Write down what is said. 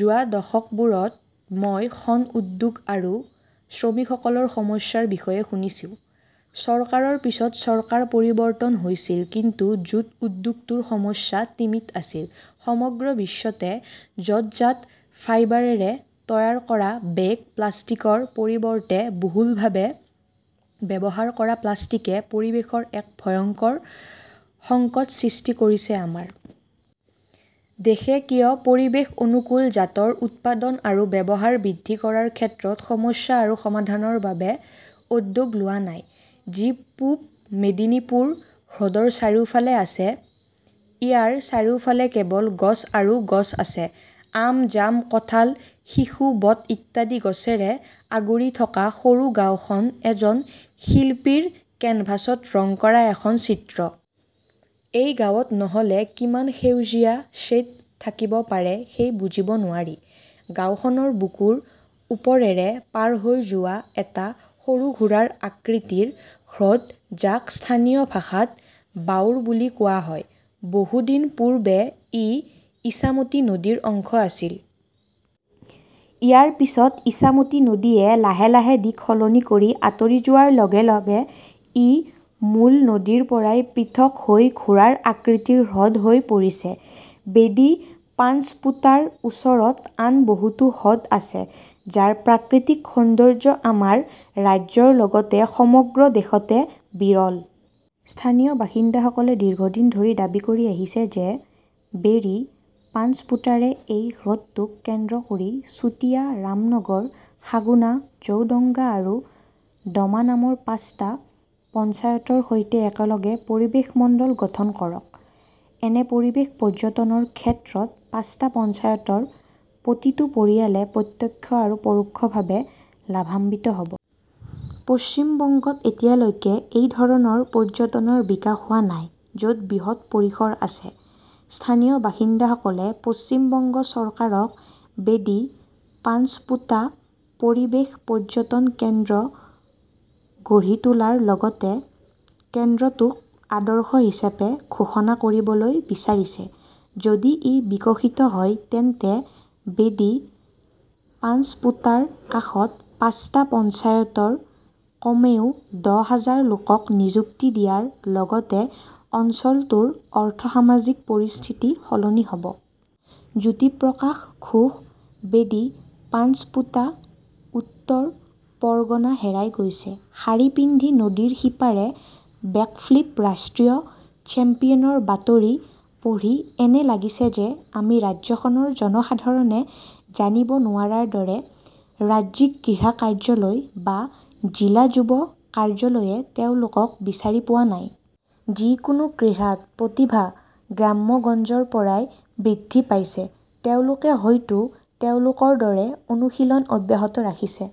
যোৱা দশকবোৰত মই শণ উদ্যোগ আৰু শ্ৰমিকসকলৰ সমস্যাৰ বিষয়ে শুনিছোঁ। চৰকাৰৰ পিছত চৰকাৰ পৰিৱৰ্তন হৈছিল কিন্তু জুট উদ্যোগটোৰ সমস্যা তিমিত আছিল। সমগ্ৰ বিশ্বতে য 'ত জাট ফাইবাৰেৰে তৈয়াৰ কৰা বেগ, পেকেটৰ পৰিৱৰ্তে বহুলভাৱে ব্যৱহাৰ কৰা প্লাষ্টিকে পৰিৱেশৰ এক ভয়ংকৰ সংকটৰ সৃষ্টি কৰিছে। আমাৰ দেশে কিয় পৰিৱেশ-অনুকূল জাটৰ উৎপাদন আৰু ব্যৱহাৰ বৃদ্ধি কৰাৰ ক্ষেত্ৰত সমস্যা আৰু সমাধানৰ বাবে উদ্যোগ লোৱা নাই? যি পূব মেদিনীপুৰ হ্ৰদৰ চাৰিওফালে আছে। ইয়াৰ চাৰিওফালে কেৱল গছ আৰু গছ আছে। আম, জাম, কাঁঠাল, শিশু, বট ইত্যাদি গছৰে আগুৰি থকা সৰু গাওঁখন এজন শিল্পীৰ কেনভাছত ৰং কৰা এখন চিত্ৰ। এই গাঁৱত নহ'লে কিমান সেউজীয়া শ্বেড থাকিব পাৰে সেয়া বুজিব নোৱাৰি। গাওঁখনৰ বুকুৰ ওপৰেৰে পাৰ হৈ যোৱা এটা সৰু ঘোঁৰাৰ আকৃতিৰ হ্ৰদ, যাক স্থানীয় ভাষাত বাওৰ বুলি কোৱা হয়। বহু দিন পূৰ্বে ই ইছামতী নদীৰ অংশ আছিল। ইয়াৰ পিছত ইছামতী নদীয়ে লাহে- লাহে দিশ সলনি কৰি আঁতৰি যোৱাৰ লগে -লগে ই মূল নদীৰ পৰা পৃথক হৈ ঘোঁৰাৰ আকৃতিৰ হ্ৰদ হৈ পৰিছে। বেডী পাঞ্চপোটাৰ ওচৰত আন বহুতো হ্ৰদ আছে, যাৰ প্ৰাকৃতিক সৌন্দৰ্য আমাৰ ৰাজ্যৰ লগতে সমগ্ৰ দেশতে বিৰল। স্থানীয় বাসিন্দাসকলে দীৰ্ঘদিন ধৰি দাবী কৰি আহিছে যে বেৰী-পাঞ্চপোটাৰে এই হ্ৰদটোক কেন্দ্ৰ কৰি চুটিয়া, ৰামনগৰ, সাগুনা, ঝৌডঙ্গা আৰু ডুমা নামৰ পাঁচটা পঞ্চায়তৰ সৈতে একেলগে পৰিৱেশমণ্ডল গঠন কৰক। এনে পৰিৱেশ পৰ্যটনৰ ক্ষেত্ৰত পাঁচটা পঞ্চায়তৰ প্ৰতিটো পৰিয়ালে প্ৰত্যক্ষ আৰু পৰোক্ষভাৱে লাভান্বিত হ 'ব। পশ্চিম বংগত এতিয়ালৈকে এই ধৰণৰ পৰ্যটনৰ বিকাশ হোৱা নাই, য'ত বৃহৎ পৰিসৰ আছে। স্থানীয় বাসিন্দাসকলে পশ্চিম বংগ চৰকাৰক বেডী-পাঞ্চপোটা পৰিৱেশ পৰ্যটন কেন্দ্ৰ গঢ়ি তোলাৰ লগতে কেন্দ্ৰটোক আদৰ্শ হিচাপে ঘোষণা কৰিবলৈ বিচাৰিছে। যদি ই বিকশিত হয় তেন্তে বেদী পাঞ্চপোটাৰ কাষৰ পাঁচটা পঞ্চায়তৰ কমেও দহ হাজাৰ লোকক নিযুক্তি দিয়াৰ লগতে অঞ্চলটোৰ অৰ্থ-সামাজিক পৰিস্থিতি সলনি হ 'ব। জ্যোতিপ্ৰকাশ ঘোষ, বেডী পাঞ্চপোটা, উত্তৰ পৰগনা হেৰাই গৈছে। শাৰী পিন্ধি নদীৰ সিপাৰে বেকফ্লিপ ৰাষ্ট্ৰীয় চেম্পিয়নৰ বাতৰি পঢ়ি এনে লাগিছে যেন আমি ৰাজ্যখনৰ জনসাধাৰণে জানিব নোৱাৰাৰ দৰে ৰাজ্যিক ক্ৰীড়া কাৰ্যালয় বা জিলা যুৱ কাৰ্যালয়ে তেওঁলোকক বিচাৰি পোৱা নাই। যিকোনো ক্ৰীড়াত প্ৰতিভা গ্ৰামগঞ্জৰ পৰা বৃদ্ধি পাইছে, তেওঁলোকে হয়তো তেওঁলোকৰ দৰে অনুশীলন অব্যাহত ৰাখিছে।